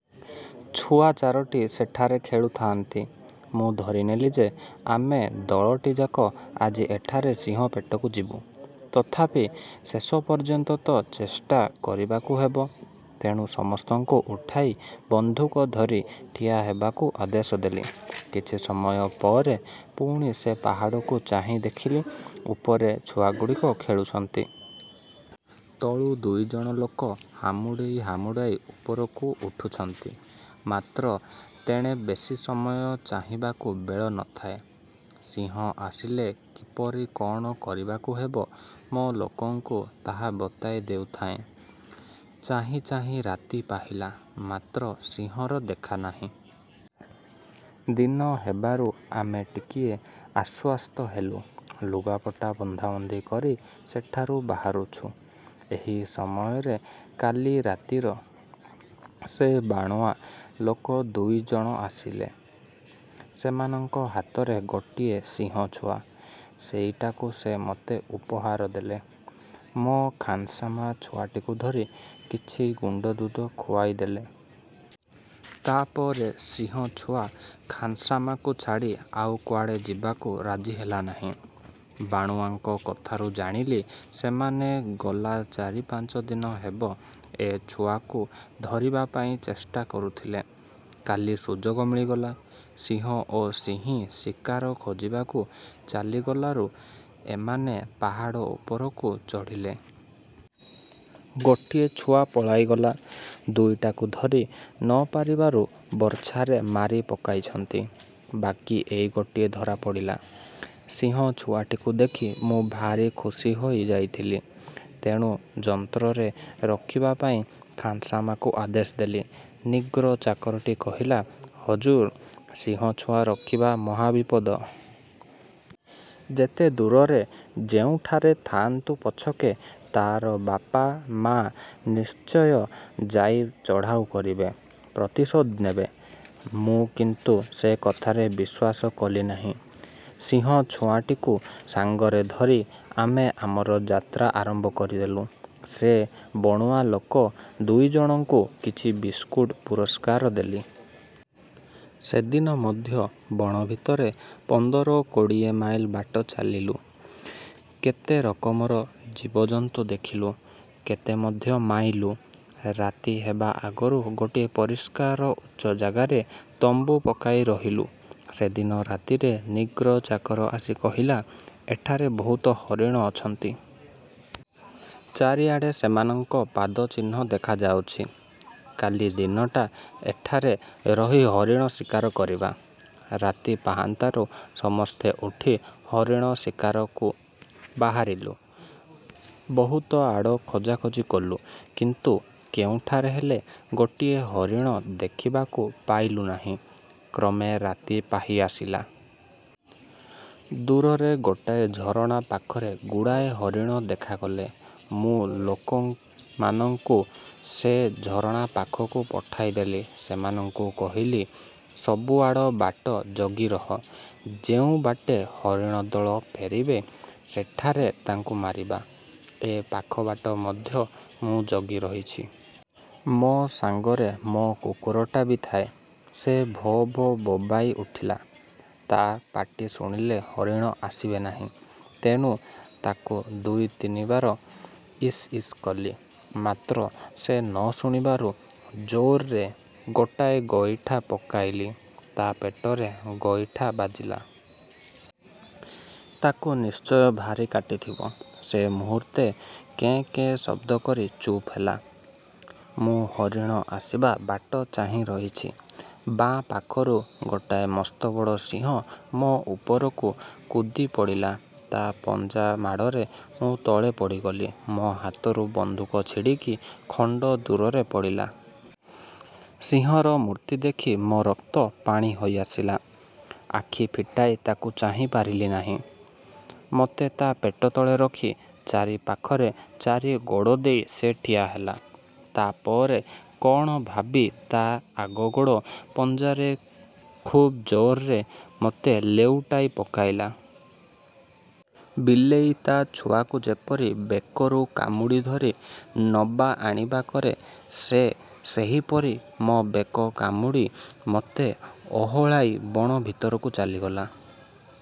ଛୁଆ ଚାରୋଟି ସେଠାରେ ଖେଳୁଥାଆନ୍ତି। ମୁଁ ଧରିନେଲି ଯେ, ଆମେ ଦଳଟିଯାକ ଆଜି ଏଠାରେ ସିଂହ ପେଟକୁ ଯିବୁ। ତଥାପି ଶେଷ ପର୍ଯ୍ୟନ୍ତ ତ ଚେଷ୍ଟା କରିବାକୁ ହେବ। ତେଣୁ ସମସ୍ତଙ୍କୁ ଉଠାଇ ବନ୍ଧୁକ ଧରି ଠିଆ ହେବାକୁ ଆଦେଶ ଦେଲି। କିଛି ସମୟ ପରେ ପୁଣି ସେ ପାହାଡ଼କୁ ଚାହିଁ ଦେଖିଲି, ଉପରେ ଛୁଆଗୁଡ଼ିକ ଖେଳୁଛନ୍ତି-। ତଳୁ ଦୁଇ ଜଣ ଲୋକ ହାମୁଡ଼େଇ ହାମୁଡ଼େଇ ଉପରକୁ ଉଠୁଛନ୍ତି। ମାତ୍ର ତେଣେ ବେଶୀ ସମୟ ଚାହିଁବାକୁ ବେଳ ନ ଥାଏ। ସିଂହ ଆସିଲେ କିପରି କଅଣ କରିବାକୁ ହେବ, ମୋ ଲୋକଙ୍କୁ ତାହା ବତାଇ ଦେଉଥାଏଁ। ଚାହିଁ ଚାହିଁ ରାତି ପ। ହିଲା; ମାତ୍ର ସିଂହର ଦେଖା ନାହିଁ। ଦିନ ହେବାରୁ ଆମେ ଟିକିଏ ଆଶ୍ୱସ୍ତ ହେଲୁ। ଲୁଗାପଟା ବନ୍ଧାବନ୍ଧି କରି ସେଠାରୁ ବାହାରୁଛୁ, ଏହି ସମୟରେ କ। ଲି ରାତିର ସେ ବଣୁଆ ଲୋକ ଦୁଇ ଜଣ ଆସିଲେ। ସେମାନଙ୍କ ହାତରେ ଗୋଟିଏ ସିଂହଛୁଆ। ସେଇଟିକୁ ସେ ମୋତେ ଉପହାର ଦେଲେ। ମୋ ଖାନ୍ସମା ଛୁଆଟିକୁ ଧରି କିଛି ଗୁଣ୍ଡ ଦୁଧ ଖୁଆଇଦେଲା। ତା'ପରେ ସିଂହଛୁଆ ଖାନ୍ସମାକୁ ଛାଡ଼ି ଆଉ କୁଆଡ଼େ ଯିବାକୁ ରାଜି ହେଲା ନାହିଁ। ବଣୁଆଙ୍କ କଥାରୁ ଜାଣିଲି, ସେମାନେ ଗଲା ଚାରି ପାଞ୍ଚ ଦିନ ହେବ ଏ ଛୁଆକୁ ଧରିବା ପାଇଁ ଚେଷ୍ଟା କରୁଥିଲେ। କାଲି ସୁଯୋଗ ମିଳିଗଲା। ସିଂହ ଓ ସିଂହୀ ଶିକାର ଖୋଜିବାକୁ ଚାଲିଗଲାରୁ ଏମାନେ ପାହାଡ଼ ଉପରକୁ ଚଢ଼ିଲେ। ଗୋଟାଏ ଛୁଆ ପଳାଇଗଲା, ଦୁଇଟାକୁ ଧରି ନ ପାରିବାରୁ ବର୍ଚ୍ଛାରେ ମାରି ପକାଇଛନ୍ତି; ବାକି ଏଇ ଗୋଟିଏ ଧରା ପଡ଼ିଲା। ସିଂହଛୁଆଟିକୁ ଦେଖି ମୁଁ ଭାରି ଖୁସି ହୋଇ ଯାଇଥିଲି; ତେଣୁ ଯତ୍ନରେ ରଖିବା ପାଇଁ ଖାନ୍ସମାକୁ ଆଦେଶ ଦେଲି। ନିଗ୍ରୋ ଚାକରଟି କହିଲା, "ହଜୁର, ସିଂହଛୁଆ ରଖିବା ମହାବିପଦ। ଯେତେ ଦୂରରେ ଯେଉଁଠାରେ ଥାଆନ୍ତୁ ପଛକେ, ତା'ର ବାପ ମା' ନିଶ୍ଚୟ ଯାଇ ଚଢ଼ାଉ କରିବେ, ପ୍ରତିଶୋଧ ନେବେ"। ମୁଁ କିନ୍ତୁ ସେ କଥାରେ ବିଶ୍ୱାସ କଲି ନାହିଁ। ସିଂହଛୁଆଟିକୁ ସାଙ୍ଗରେ ଧରି ଆମେ ଆମର ଯାତ୍ରା ଆରମ୍ଭ କରିଦେଲୁ। ସେ ବଣୁଆଲୋକ ଦୁଇଜଣଙ୍କୁ କିଛି ବିସ୍କୁଟ୍ ପୁରସ୍କାର ଦେଲି। ସେଦିନ ମଧ୍ୟ ବଣ ଭିତରେ ପନ୍ଦର କୋଡ଼ିଏ ମାଇଲ ବାଟ ଚାଲିଲୁ। କେତେ ରକମର ଜୀବଜନ୍ତୁ ଦେଖିଲୁ, କେତେ ମଧ୍ୟ ମାଇଲୁ। ରାତି ହେବା ଆଗରୁ ଗୋଟିଏ ପରିଷ୍କାର ଉଚ୍ଚ ଜାଗାରେ ତମ୍ବୁ ପକାଇ ରହିଲୁ। ସେଦିନ ରାତିରେ ନିଗ୍ରୋ ଚାକର ଆସି କହିଲା, ''ଏଠାରେ ବହୁତ ହରିଣ ଅଛନ୍ତି। ଚାରିଆଡ଼େ ସେମାନଙ୍କ ପାଦ ଚିହ୍ନ ଦେଖାଯାଉଛି। କାଲି ଦିନଟା ଏଠାରେ ରହି ହରିଣ ଶିକାର କରିବା। '' ରାତି ପାହାନ୍ତାରୁ ସମସ୍ତେ ଉଠି ହରିଣ ଶିକାରକୁ ବାହାରିଲୁ। ବହୁତଆଡ଼ ଖୋଜାଖୋଜି କଲୁ; କିନ୍ତୁ କେଉଁଠାରେ ହେଲେ ଗୋଟିଏ ହରିଣ ଦେଖିବାକୁ ପାଇଲୁ ନାହିଁ। କ୍ରମେ ରାତି ପାହିଆସିଲା। ଦୂରରେ ଗୋଟାଏ ଝରଣା ପାଖରେ ଗୁଡ଼ିଏ ହରିଣ ଦେଖାଗଲେ। ମୁଁ ଲୋକମାନଙ୍କୁ ସେ ଝରଣା ପାଖକୁ ପଠାଇଦେଲି। ସେମାନଙ୍କୁ କହିଲି, ସବୁଆଡ଼ ବାଟ ଜଗି ରହ; ଯେଉଁ ବାଟେ ହରିଣ ଦଳ ଫେରିବେ, ସେଠାରେ ତାଙ୍କୁ ମାରିବା। ଏ ପାଖ ବାଟ ମଧ୍ୟ ମୁଁ ଜଗି ରହିଛି। ମୋ ସାଙ୍ଗରେ ମୋ କୁକୁରଟା ବି ଥାଏ। ସେ ଭୋ ଭୋ ବୋବାଇ ଉଠିଲା।। ତା' ପାଟି ଶୁଣିଲେ ହରିଣ ଆସିବେ ନାହିଁ; ତେଣୁ ତାକୁ ଦୁଇ ତିନିବାର ଇସ୍ଇସ୍ କଲି; ମାତ୍ର ସେ ନ ଶୁଣିବାରୁ ଜୋରରେ ଗୋଟାଏ ଗୋଇଠା ପକାଇଲି। ତା' ପେଟରେ ଗୋଇଠାଟା ବାଜିଲା। ତାକୁ ନିଶ୍ଚୟ ଭାରି କାଟିଥିବ। ସେ ମୁହୂର୍ତ୍ତେ କେଁ କେଁ ଶବ୍ଦକରି ଚୁପ୍ ହେଲା। ମୁଁ ହରିଣ ଆସିବା ବାଟ ଚାହିଁ ରହିଛି; ବାଁ ପାଖରୁ ଗୋଟାଏ ମସ୍ତବଡ଼ ସିଂହ ମୋ ଉପରକୁ କୁଦିପଡ଼ିଲା। ତା' ପଞ୍ଝା ମାଡ଼ରେ ମୁଁ ତଳେ ପଡ଼ିଗଲି। ମୋ ହାତରୁ ବନ୍ଧୁକ ଛିଡ଼ିକି ଖଣ୍ଡଦୂରରେ ପଡ଼ିଲା। ସିଂହର ମୂର୍ତ୍ତି ଦେଖି ମୋ ରକ୍ତ ପାଣି ହୋଇଆସିଲା; ଆଖି ଫିଟାଇ ତାକୁ ଚାହିଁପାରିଲି ନାହିଁ। ମୋତେ ତା' ପେଟତଳେ ରଖି ଚାରିପାଖରେ ଚାରି ଗୋଡ଼ ଦେଇ ସେ ଠିଆହେଲା। ତା'ପରେ କଅଣ ଭାବି ତା' ଆଗ ଗୋଡ଼ ପଞ୍ଝାରେ ଖୁବ ଜୋରରେ ମୋତେ ଲେଉଟାଇ ପକାଇଲା-। ବିଲେଇ ତା' ଛୁଆକୁ ଯେପରି ବେକରୁ କାମୁଡ଼ି ଧରି ନବା ଆଣିବା କରେ, ସେ ସେହିପରି ମୋ ବେକ କାମୁଡ଼ି ମୋତେ ଓହଳାଇ ବଣ ଭିତରକୁ ଚାଲିଗଲା।